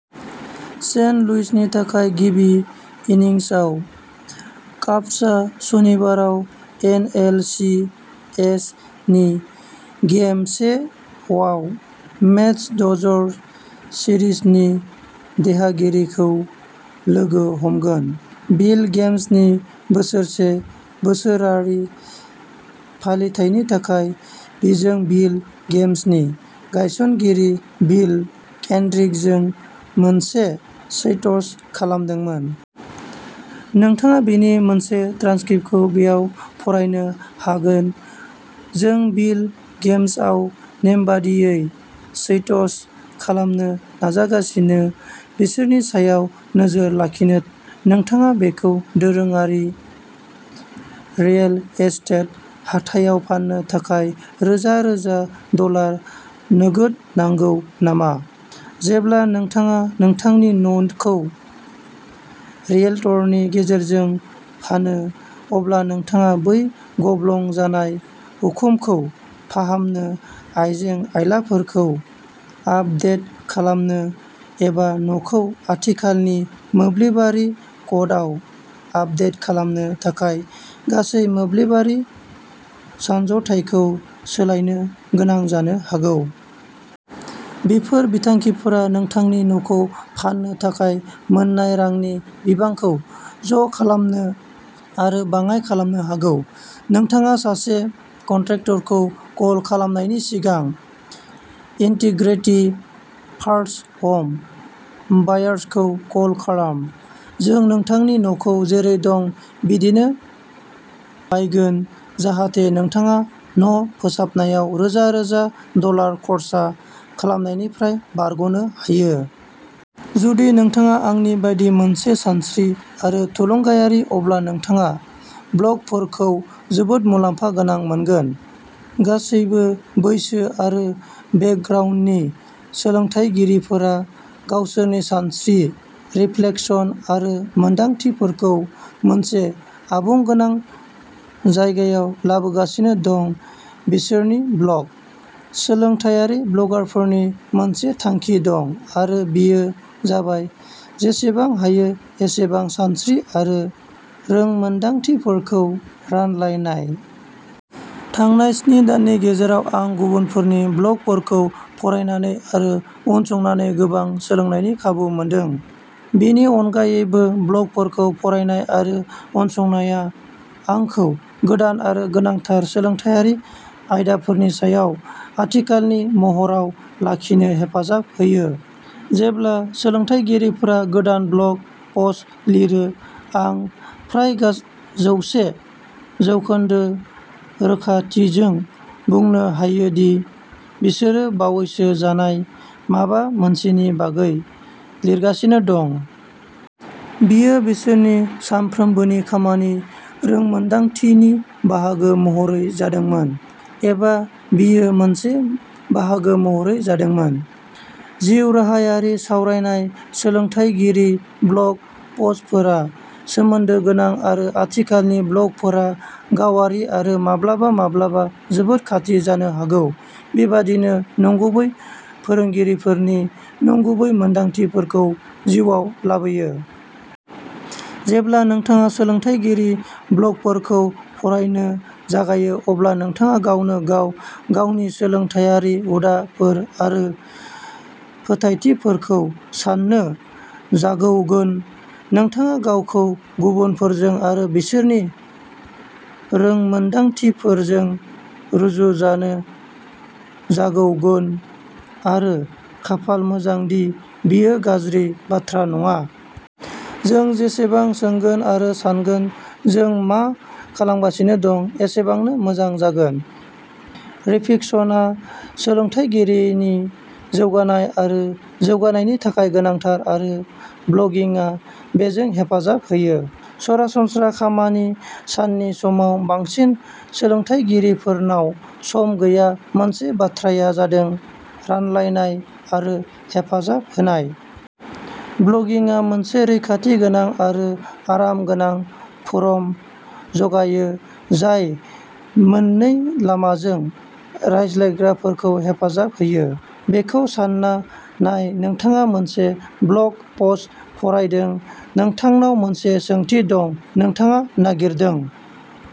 Saint लुइसनि थाखाय गिबि इनिंसआव। काब्सआ सनिबाराव एन एल सि एस नि गेम से आव मेट्स-डजर्स सिरिजनि देहागिरिखौ लोगो हमगोन। बिल गेम्सनि बोसोरसे बोसोरारि फालिथायनि थाखाय, जों बिल गेम्सनि गायसनगिरि बिल केन्ड्रिकजों मोनसे चैट्स खालामदोंमोन। नोंथाङा बेनि मोनसे ट्रान्सक्रिप्टखौ बेयाव फरायनो हागोन जों बिल गेम्सआव नेमबादियै चैट्स खालामनो नाजागासिनो बिसोरनि सायाव नोजोर लाखि नोंथाङा बेखौ दोरोङारि रियेल एस्टेट हाथायाव फान्नो थाखाय रोजा-रोजा डलार नोगोद नांगौ नामा? जेब्ला नोंथाङा नोंथांनि न'नखौ रियेल्टरनि गेजेरजों फानो, अब्ला नोंथाङा बै गब्लं जानाय उखुमखौ फाहामनो, आइजें-आइलाफोरखौ आपदेट खालामनो, एबा न'खौ आथिखालनि मोब्लिबारि क'डआव आपदेट खालामनो थाखाय गासै मोब्लिबारि सानज'थायखौ सोलायनो गोनां जानो हागौ। बेफोर बिथांखिफोरा नोंथांनि न'खौ फान्नो थाखाय मोन्नाय रांनि बिबांखौ ज'खालामनो आरो बाङाइ खालामनो हागौ। नोंथाङा सासे कन्ट्रेक्टरखौ कल खालामनायनि सिगां, इन्टिग्रिटी फार्स्ट ह'म बायार्सखौ कल खालाम। जों नोंथांनि न'खौ जेरै दं बिदिनो बायगोन जाहाथे नोंथाङा न'फोसाबनायाव रोजा रोजा डलार खर्सा खालामनायनिफ्राय बारग'नो हायो। जुदि नोंथाङा आंनि बायदि मोनसे सानस्रि आरो थुलुंगायारि, अब्ला नोंथाङा ब्लगफोरखौ जोबोद मुलाम्फा गोनां मोनगोन। गासैबो बैसो आरो बेकग्राउन्डनि सोलोंथायगिरिफोरा गावसोरनि सानस्रि, रिफ्लेक्शन आरो मोनदांथिफोरखौ मोनसे आबुंगोनां जायगायाव लाबोगासिनो दं बिसोरनि ब्लग। सोलोंथायारि ब्लगारफोरनि मोनसे थांखि दं, आरो बेयो जाबाय जेसेबां हायो एसेबां सानस्रि आरो रोंमोन्दांथिफोरखौ रानलायनाय। थांनाय स्नि दाननि गेजेराव, आं गुबुनफोरनि ब्लगफोरखौ फरायनानै आरो उनसंनानै गोबां सोलोंनायनि खाबु मोनदों। बेनि अनगायैबो, ब्लगफोरखौ फरायनाय आरो उनसंनाया आंखौ गोदान आरो गोनांथार सोलोंथायारि आयदाफोरनि सायाव आथिखालनि महराव लाखिनो हेफाजाब होयो। जेब्ला सोलोंथायगिरिफोरा गोदान ब्लग पस्ट लिरो, आं फ्राय जौसे जौखोन्दो रोखाथिजों बुंनो हायो दि बिसोरो बावैसो जानाय माबा मोनसेनि बागै लिरगासिनो दं। बेयो बिसोरनि सानफ्रोमबोनि खामानि रोंमोन्दांथिनि बाहागो महरै जादोंमोन, एबा बेयो मोनसे बाहागो महरै जादोंमोन। जिउराहायारि सावरायनाय, सोलोंथायगिरि ब्लग पस्टफोरा सोमोन्दो गोनां आरो आथिखालनि ब्लगफोरा गावारि आरो माब्लाबा माब्लाबा जोबोद खाथि जानो हागौ, बेबादिनो नंगुबै फोरोंगिरिफोरनि नंगुबै मोनदांथिफोरखौ जिउआव लाबोयो। जेब्ला नोंथाङा सोलोंथायगिरि ब्लगफोरखौ फरायनो जागायो, अब्ला नोंथाङा गावनो गाव गावनि सोलोंथायारि हुदाफोर आरो फोथायथिफोरखौ साननो जागौगोन। नोंथाङा गावखौ गुबुनफोरजों आरो बिसोरनि रोंमोनदांथिफोरजों रुजुजानो जागौगोन, आरो खाफाल मोजां दि बेयो गाज्रि बाथ्रा नङा। जों जेसेबां सोंगोन आरो सानगोन जों मा खालामगासिनो दं एसेबांनो मोजां जागोन। रिफिक्सनआ सोलोंथायगिरिनि जौगानाय आरो जौगानायनि थाखाय गोनांथार, आरो ब्लगिंआ बेजों हेफाजाब होयो। सरासनस्रा खामानि साननि समाव बांसिन सोलोंथायगिरिफोरनाव सम गैया मोनसे बाथ्राया जादों रानलायनाय आरो हेफाजाब होनाय। ब्लगिंआ मोनसे रैखाथि गोनां आरो आरामगोनां फोरम जगायो जाय मोननै लामाजों रायज्लायग्राफोरखौ हेफाजाब होयो। बेखौ सानना नाय नोंथाङा मोनसे ब्लग पस्ट फरायदों नोंथांनाव मोनसे सोंथि दं नोंथाङा नागारदों।